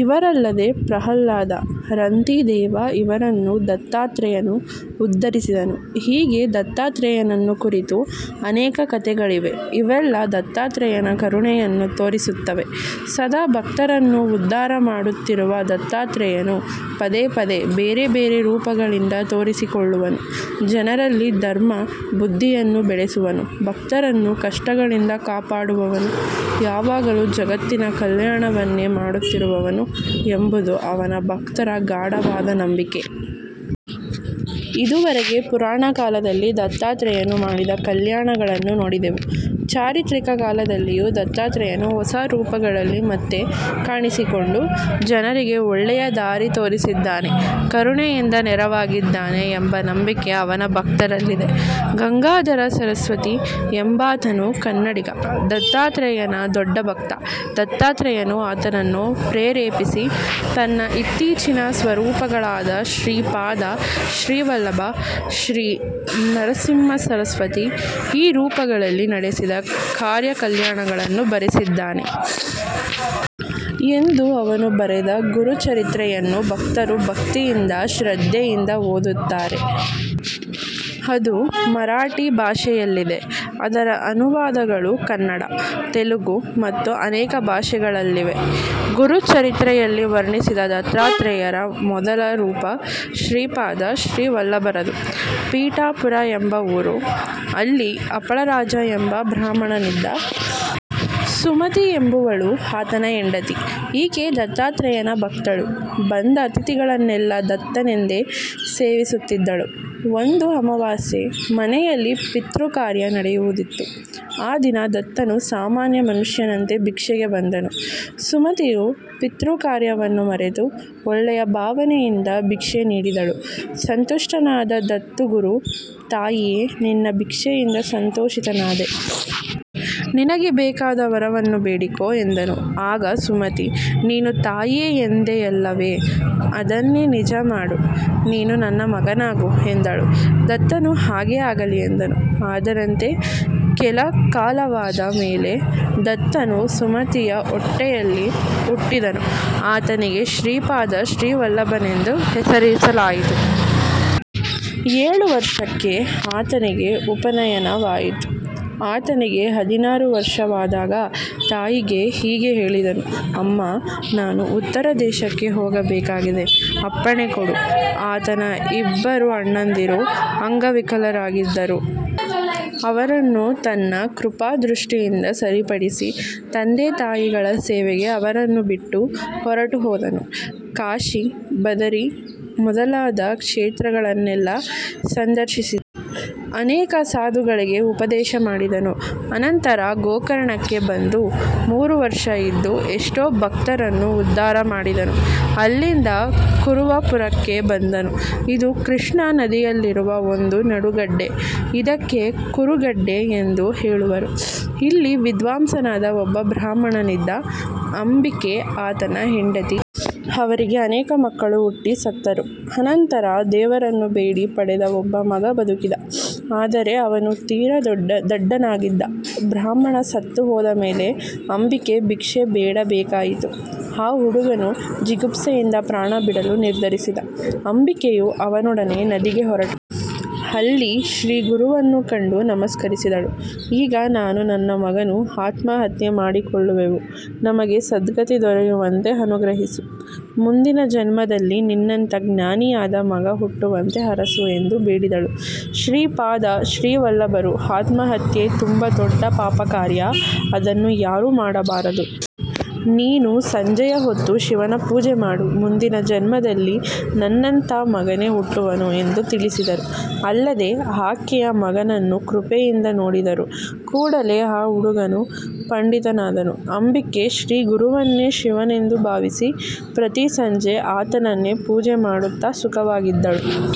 ಇವರಲ್ಲದೆ ಪ್ರಹ್ಲಾದ, ರಂತಿದೇವ ಇವರನ್ನೂ ದತ್ತಾತ್ರೇಯನು ಉದ್ಧರಿಸಿದನು. ಹೀಗೆ ದತ್ತಾತ್ರೇಯನನ್ನು ಕುರಿತು ಅನೇಕ ಕಥೆಗಳಿವೆ. ಇವೆಲ್ಲಾ ದತ್ತಾತ್ರೇಯನ ಕರುಣೆಯನ್ನು ತೋರಿಸುತ್ತವೆ. ಸದಾ ಭಕ್ತರನ್ನು ಉದ್ಧಾರ ಮಾಡುತ್ತಿರುವ ದತ್ತಾತ್ರೇಯನು ಪದೇ ಪದೇ ಬೇರೆಬೇರೆ ರೂಪಗಳಿಂದ ತೋರಿಸಿಕೊಳ್ಳುವನು, ಜನರಲ್ಲಿ ಧರ್ಮ ಬುದ್ಧಿಯನ್ನು ಬೆಳೆಸುವನು, ಭಕ್ತರನ್ನು ಕಷ್ಟಗಳಿಂದ ಕಾಪಾಡುವವನು, ಯಾವಾಗಲೂ ಜಗತ್ತಿನ ಕಲ್ಯಾಣವನ್ನೇ ಮಾಡುತ್ತಿರುವವನು ಎಂಬುದು ಅವನ ಭಕ್ತರ ಗಾಢವಾದ ನಂಬಿಕೆ. ಇದುವರೆಗೆ ಪುರಾಣಕಾಲದಲ್ಲಿ ದತ್ತಾತ್ರೇಯನು ಮಾಡಿದ ಕಲ್ಯಾಣಗಳನ್ನು ನೋಡಿದೆವು. ಚಾರಿತ್ರಿಕ ಕಾಲದಲ್ಲಿಯೂ ದತ್ತಾತ್ರೇಯನು ಹೊಸ ರೂಪಗಳಲ್ಲಿ ಮತ್ತೆ ಕಾಣಿಸಿಕೊಂಡು, ಜನರಿಗೆ ಒಳ್ಳೆಯ ದಾರಿ ತೋರಿಸಿದ್ದಾನೆ, ಕರುಣೆಯಿಂದ ನೆರವಾಗಿದ್ದಾನೆ ಎಂಬ ನಂಬಿಕೆ ಅವನ ಭಕ್ತರಲ್ಲಿದೆ. ಗಂಗಾಧರ ಸರಸ್ವತಿ ಎಂಬಾತನು ಕನ್ನಡಿಗ, ದತ್ತಾತ್ರೇಯನ ದೊಡ್ಡ ಭಕ್ತ. ದತ್ತಾತ್ರೇಯನು ಆತನನ್ನು ಪ್ರೇರೇಪಿಸಿ, ತನ್ನ ಇತ್ತೀಚಿನ ಸ್ವರೂಪಗಳಾದ ಶ್ರೀಪಾದ ಶ್ರೀವಲ್ಲಭ, ಶ್ರೀ ನೃಸಿಂಹಸರಸ್ವತಿ – ಈ ರೂಪಗಳಲ್ಲಿ ನಡೆಸಿದ ಕಾರ್ಯಕಲ್ಯಾಣಗಳನ್ನು ಬರೆಸಿದ್ದಾನೆ. ಎಂದು ಅವನು ಬರೆದ 'ಗುರು ಚರಿತ್ರೆ'ಯನ್ನು ಭಕ್ತರು ಭಕ್ತಿಯಿಂದ, ಶ್ರದ್ಧೆಯಿಂದ ಓದುತ್ತಾರೆ. ಅದು ಮರಾಠಿ ಭಾಷೆಯಲ್ಲಿದೆ. ಅದರ ಅನುವಾದಗಳು ಕನ್ನಡ, ತೆಲುಗು ಮತ್ತು ಅನೇಕ ಭಾಷೆಗಳಲ್ಲಿವೆ. ಗುರುಚರಿತ್ರೆಯಲ್ಲಿ ವರ್ಣಿಸಿದ ದತ್ತಾತ್ರೇಯರ ಮೊದಲ ರೂಪ ಶ್ರೀಪಾದ ಶ್ರೀವಲ್ಲಭರದು. ಪೀಠಾಪುರ ಎಂಬ ಊರು. ಅಲ್ಲಿ ಅಪಳರಾಜ ಎಂಬ ಬ್ರಾಹ್ಮಣನಿದ್ದ. ಸುಮತಿ ಎಂಬುವಳು ಆತನ ಹೆಂಡತಿ. ಈಕೆ ದತ್ತಾತ್ರೇಯನ ಭಕ್ತಳು. ಬಂದ ಅತಿಥಿಗಳನ್ನೆಲ್ಲ ದತ್ತನೆಂದೇ ಸೇವಿಸುತ್ತಿದ್ದಳು. ಒಂದು ಅಮಾವಾಸ್ಯೆ. ಮನೆಯಲ್ಲಿ ಪಿತೃಕಾರ್ಯ ನಡೆಯುವುದಿತ್ತು. ಆ ದಿನ ದತ್ತನು ಸಾಮಾನ್ಯ ಮನುಷ್ಯನಂತೆ ಭಿಕ್ಷೆಗೆ ಬಂದನು. ಸುಮತಿಯು ಪಿತೃಕಾರ್ಯವನ್ನೂ ಮರೆತು, ಒಳ್ಳೆಯ ಭಾವನೆಯಿಂದ ಭಿಕ್ಷೆ ನೀಡಿದಳು. ಸಂತುಷ್ಠನಾದ ದತ್ತುಗುರು, "ತಾಯಿಯೇ, ನಿನ್ನ ಭಿಕ್ಷೆಯಿಂದ ಸಂತೋಷಿತನಾದೆ. ನಿನಗೆ ಬೇಕಾದ ವರವನ್ನು ಬೇಡಿಕೋ" ಎಂದನು. ಆಗ ಸುಮತಿ "ನೀನು ತಾಯಿಯೇ ಎಂದೆಯಲ್ಲವೆ? ಅದನ್ನೇ ನಿಜ ಮಾಡು. ನೀನು ನನ್ನ ಮಗನಾಗು" ಎಂದಳು. ದತ್ತನು ಹಾಗೇ ಆಗಲಿ ಎಂದನು. ಅದರಂತೆ ಕೆಲ ಕಾಲವಾದ ಮೇಲೆ ದತ್ತನು ಸುಮತಿಯ ಹೊಟ್ಟೆಯಲ್ಲಿ ಹುಟ್ಟಿದನು. ಆತನಿಗೆ ಶ್ರೀಪಾದ ಶ್ರೀವಲ್ಲಭನೆಂದು ಹೆಸರಿಸಲಾಯಿತು. ಏಳು ವರ್ಷಕ್ಕೆ ಆತನಿಗೆ ಉಪನಯನವಾಯಿತು. ಆತನಿಗೆ ಹದಿನಾರು ವರ್ಷವಾದಾಗ ತಾಯಿಗೆ ಹೀಗೆ ಹೇಳಿದನು; "ಅಮ್ಮಾ, ನಾನು ಉತ್ತರ ದೇಶಕ್ಕೆ ಹೋಗಬೇಕಾಗಿದೆ. ಅಪ್ಪಣೆ ಕೊಡು. " ಆತನ ಇಬ್ಬರು ಅಣ್ಣಂದಿರು ಅಂಗವಿಕಲರಾಗಿದ್ದರು. ಅವರನ್ನು ತನ್ನ ಕೃಪಾ ದೃಷ್ಟಿಯಿಂದ ಸರಿಪಡಿಸಿ, ತಂದೆತಾಯಿಗಳ ಸೇವೆಗೆ ಅವರನ್ನು ಬಿಟ್ಟು, ಹೊರಟುಹೋದನು. ಕಾಶಿ, ಬದರಿ ಮೊದಲಾದ ಕ್ಷೇತ್ರಗಳನ್ನೆಲ್ಲ ಸಂದರ್ಶಿಸಿದನು. ಅನೇಕ ಸಾಧುಗಳಿಗೆ ಉಪದೇಶ ಮಾಡಿದನು. ಅನಂತರ ಗೋಕರ್ಣಕ್ಕೆ ಬಂದು, ಮೂರು ವರ್ಷ ಇದ್ದು ಎಷ್ಟೋ ಭಕ್ತರನ್ನು ಉದ್ಧಾರ ಮಾಡಿದನು. ಅಲ್ಲಿಂದ ಕುರುವಪುರಕ್ಕೆ ಬಂದನು. ಇದು ಕೃಷ್ಣಾ ನದಿಯಲ್ಲಿರುವ ಒಂದು ನಡುಗಡ್ಡೆ. ಇದಕ್ಕೆ ಕುರುಗಡ್ಡೆ ಎಂದೂ ಹೇಳುವರು. ಇಲ್ಲಿ ವಿದ್ವಾಂಸನಾದ ಒಬ್ಬ ಬ್ರಾಹ್ಮಣನಿದ್ದ. ಅಂಬಿಕೆ ಆತನ ಹೆಂಡತಿ. ಅವರಿಗೆ ಅನೇಕ ಮಕ್ಕಳು ಹುಟ್ಟಿ ಸತ್ತರು. ಅನಂತರ ದೇವರನ್ನು ಬೇಡಿ ಪಡೆದ ಒಬ್ಬ ಮಗ ಬದುಕಿದ. ಆದರೆ ಅವನು ತೀರಾ ದಡ್ಡನಾಗಿದ್ದ.. ಬ್ರಾಹ್ಮಣ ಸತ್ತು ಹೋದ ಮೇಲೆ ಅಂಬಿಕೆ ಭಿಕ್ಷೆ ಬೇಡಬೇಕಾಯಿತು. ಆ ಹುಡುಗನು ಜಿಗುಪ್ಸೆಯಿಂದ ಪ್ರಾಣ ಬಿಡಲು ನಿರ್ಧರಿಸಿದ. ಅಂಬಿಕೆಯೂ ಅವನೊಡನೆ ನದಿಗೆ ಹೊರಟಳು. ಅಲ್ಲಿ ಶ್ರೀ ಗುರುವನ್ನು ಕಂಡು ನಮಸ್ಕರಿಸಿದಳು. "ಈಗ ನಾನೂ ನನ್ನ ಮಗನೂ ಆತ್ಮಹತ್ಯೆ ಮಾಡಿಕೊಳ್ಳುವೆವು. ನಮಗೆ ಸದ್ಗತಿ ದೊರೆಯುವಂತೆ ಅನುಗ್ರಹಿಸು. ಮುಂದಿನ ಜನ್ಮದಲ್ಲಿ ನಿನ್ನಂಥಾ ಜ್ಞಾನಿಯಾದ ಮಗ ಹುಟ್ಟುವಂತೆ ಹರಸು" ಎಂದು ಬೇಡಿದಳು. ಶ್ರೀಪಾದ ಶ್ರೀವಲ್ಲಭರು "ಆತ್ಮಹತ್ಯೆ ತುಂಬಾ ದೊಡ್ಡ ಪಾಪಕಾರ್ಯ. ಅದನ್ನು ಯಾರೂ ಮಾಡಬಾರದು. ನೀನು ಸಂಜೆಯ ಹೊತ್ತು ಶಿವನ ಪೂಜೆ ಮಾಡು. ಮುಂದಿನ ಜನ್ಮದಲ್ಲಿ ನನ್ನಂಥಾ ಮಗನೇ ಹುಟ್ಟುವನು" ಎಂದು ತಿಳಿಸಿದರು. ಅಲ್ಲದೆ ಆಕೆಯ ಮಗನನ್ನು ಕೃಪೆಯಿಂದ ನೋಡಿದರು. ಕೂಡಲೇ ಆ ಹುಡುಗನು ಪಂಡಿತನಾದನು. ಅಂಬಿಕೆ ಶ್ರೀಗುರುವನ್ನೇ ಶಿವನೆಂದು ಭಾವಿಸಿ, ಪ್ರತಿ ಸಂಜೆ ಆತನನ್ನೇ ಪೂಜೆ ಮಾಡುತ್ತ ಸುಖವಾಗಿದ್ದಳು.